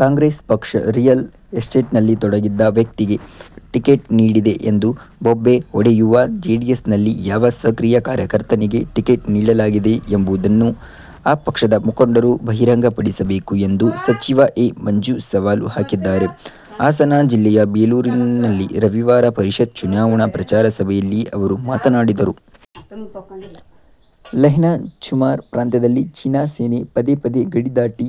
ಕಾಂಗ್ರೆಸ್ ಪಕ್ಷ ರಿಯಲ್ ಎಸ್ಟೇಟ್ನಲ್ಲಿ ತೊಡಗಿದ್ದ ವ್ಯಕ್ತಿಗೆ ಟಿಕೆಟ್ ನೀಡಿದೆ ಎಂದು ಬೊಬ್ಬೆ ಹೊಡೆಯುವ ಜೆಡಿಎಸ್ನಲ್ಲಿ ಯಾವ ಸಕ್ರಿಯ ಕಾರ್ಯಕರ್ತನಿಗೆ ಟಿಕೆಟ್ ನೀಡಲಾಗಿದೆ ಎಂಬುದನ್ನು ಆ ಪಕ್ಷದ ಮುಖಂಡರು ಬಹಿರಂಗಪಡಿಸಬೇಕು ಎಂದು ಸಚಿವ ಎ. ಮಂಜು ಸವಾಲು ಹಾಕಿದ್ದಾರೆ. ಹಾಸನ ಜಿಲ್ಲೆ ಬೇಲೂರಿನಲ್ಲಿ ರವಿವಾರ ಪರಿಷತ್ ಚುನಾವಣಾ ಪ್ರಚಾರ ಸಭೆಯಲ್ಲಿ ಅವರು ಮಾತನಾಡಿದರು. ಲೇಹ್ನ ಚುಮಾರ್ ಪ್ರಾಂತ್ಯದಲ್ಲಿ ಚೀನಾ ಸೇನೆ ಪದೇ ಪದೇ ಗಡಿ ದಾಟಿ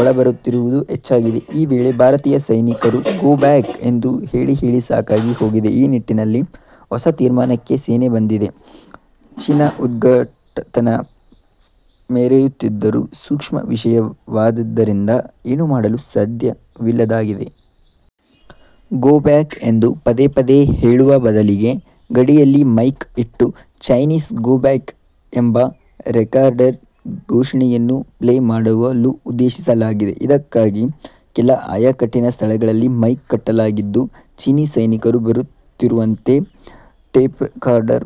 ಒಳಬರುತ್ತಿರುವುದು ಹೆಚ್ಚಾಗಿದೆ. ಈ ವೇಳೆ ಭಾರತೀಯ ಸೈನಿಕರು ''''''ಗೋಬ್ಯಾಕ್'' ಎಂದು ಹೇಳಿ ಹೇಳಿ ಸಾಕಾಗಿ ಹೋಗಿದೆ. ಈ ನಿಟ್ಟಿನಲ್ಲಿ ಹೊಸ ತೀರ್ಮಾನಕ್ಕೆ ಸೇನೆ ಬಂದಿದೆ. ಚೀನಾ ಉದ್ಧಟತನ ಮೆರೆಯುತ್ತಿದ್ದರೂ ಸೂಕ್ಷ್ಮ ವಿಷಯವಾದ್ದರಿಂದ ಏನೂ ಮಾಡಲು ಸಾಧ್ಯವಿಲ್ಲದಾಗಿದೆ. ಗೋ ಬ್ಯಾಕ್ ಎಂದು ಪದೇ ಪದೇ ಹೇಳುವ ಬದಲಿಗೆ ಗಡಿಯಲ್ಲಿ ಮೈಕ್ ಇಟ್ಟು ''''ಚೈನೀಸ್ ಗೋಬ್ಯಾಕ್'' ಎಂಬ ರೆಕಾರ್ಡೆಡ್ ಘೋಷಣೆಯನ್ನು ಪ್ಲೇ ಮಾಡಲು ಉದ್ದೇಶಿಸಲಾಗಿದೆ. ಇದಕ್ಕಾಗಿ ಕೆಲ ಆಯಕಟ್ಟಿನ ಸ್ಥಳಗಳಲ್ಲಿ ಮೈಕ್ ಕಟ್ಟಲಾಗಿದ್ದು, ಚೀನೀ ಸೈನಿಕರು ಬರುತ್ತಿರುವಂತೆ, ಟೇಪ್ರೆಕಾರ್ಡರ್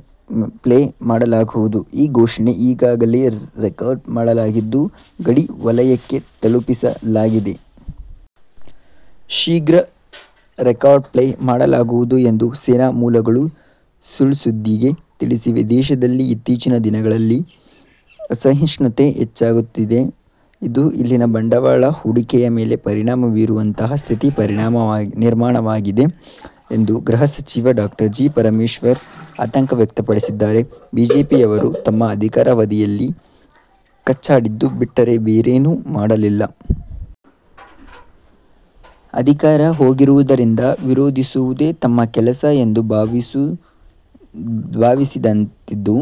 ಪ್ಲೇ ಮಾಡಲಾಗುವುದು. ಈ ಘೋಷಣೆ ಈಗಾಗಲೇ ರೆಕಾರ್ಡ್ ಮಾಡಲಾಗಿದ್ದು, ಗಡಿವಲಯಕ್ಕೆ ತಲುಪಿಸಲಾಗಿದೆ. ಶೀಘ್ರ ರೆಕಾರ್ಡ್ ಪ್ಲೇ ಮಾಡಲಾಗುವುದು ಎಂದು ಸೇನಾ ಮೂಲಗಳು ಸುಳ್ಸುದ್ದಿಗೆ ತಿಳಿಸಿವೆ. ದೇಶದಲ್ಲಿ ಇತ್ತೀಚಿನ ದಿನಗಳಲ್ಲಿ ಅಸಹಿಷ್ಣುತೆ ಹೆಚ್ಚಾಗುತ್ತಿದ್ದು, ಅದು ಇಲ್ಲಿನ ಬಂಡವಾಳ ಹೂಡಿಕೆಯ ಮೇಲೆ ಪರಿಣಾಮ ಬೀರುವಂತಹ ಸ್ಥಿತಿ ನಿರ್ಮಾಣವಾಗಿದೆ ಎಂದು ಗೃಹ ಸಚಿವ ಡಾ. ಜಿ. ಪರಮೇಶ್ವರ್ ಅತಂಕ ವ್ಯಕ್ತಪಡಿಸಿದ್ದಾರೆ. ಬಿಜೆಪಿಯವರು ತಮ್ಮ ಅಧಿಕಾರಾವಧಿಯಲ್ಲಿ ಕಚ್ಚಾಡಿದ್ದು ಬಿಟ್ಟರೆ ಬೇರೇನೂ ಮಾಡಲಿಲ್ಲ. ಅಧಿಕಾರ ಹೋಗಿರುವುದರಿಂದ ವಿರೋಧಿಸುವುದೇ ತಮ್ಮ ಕೆಲಸ ಎಂದು ಭಾವಿಸಿದಂತಿದ್ದು,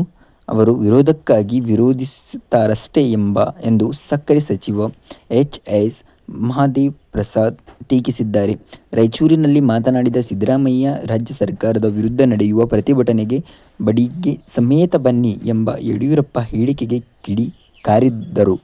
ಅವರು ವಿರೋಧಕ್ಕಾಗಿ ವಿರೋಧಿಸುತ್ತಾರಷ್ಟೆ ಎಂದು ಸಕ್ಕರೆ ಸಚಿವ ಎಚ್. ಎಸ್. ಮಹದೇವಪ್ರಸಾದ್ ಟೀಕಿಸಿದ್ದಾರೆ. ರಾಯಚೂರಿನಲ್ಲಿ ಮಾತನಾಡಿದ ಸಿದ್ಧರಾಮಯ್ಯ, ರಾಜ್ಯ ಸರಕಾರದ ವಿರುದ್ಧ ನಡೆಯುವ ಪ್ರತಿಭಟನೆಗೆ ಬಡಿಗೆ ಸಮೇತ ಬನ್ನಿ ಎಂಬ ಯಡಿಯೂರಪ್ಪ ಹೇಳಿಕೆಗೆ ಕಿಡಿ ಕಾರಿದರು.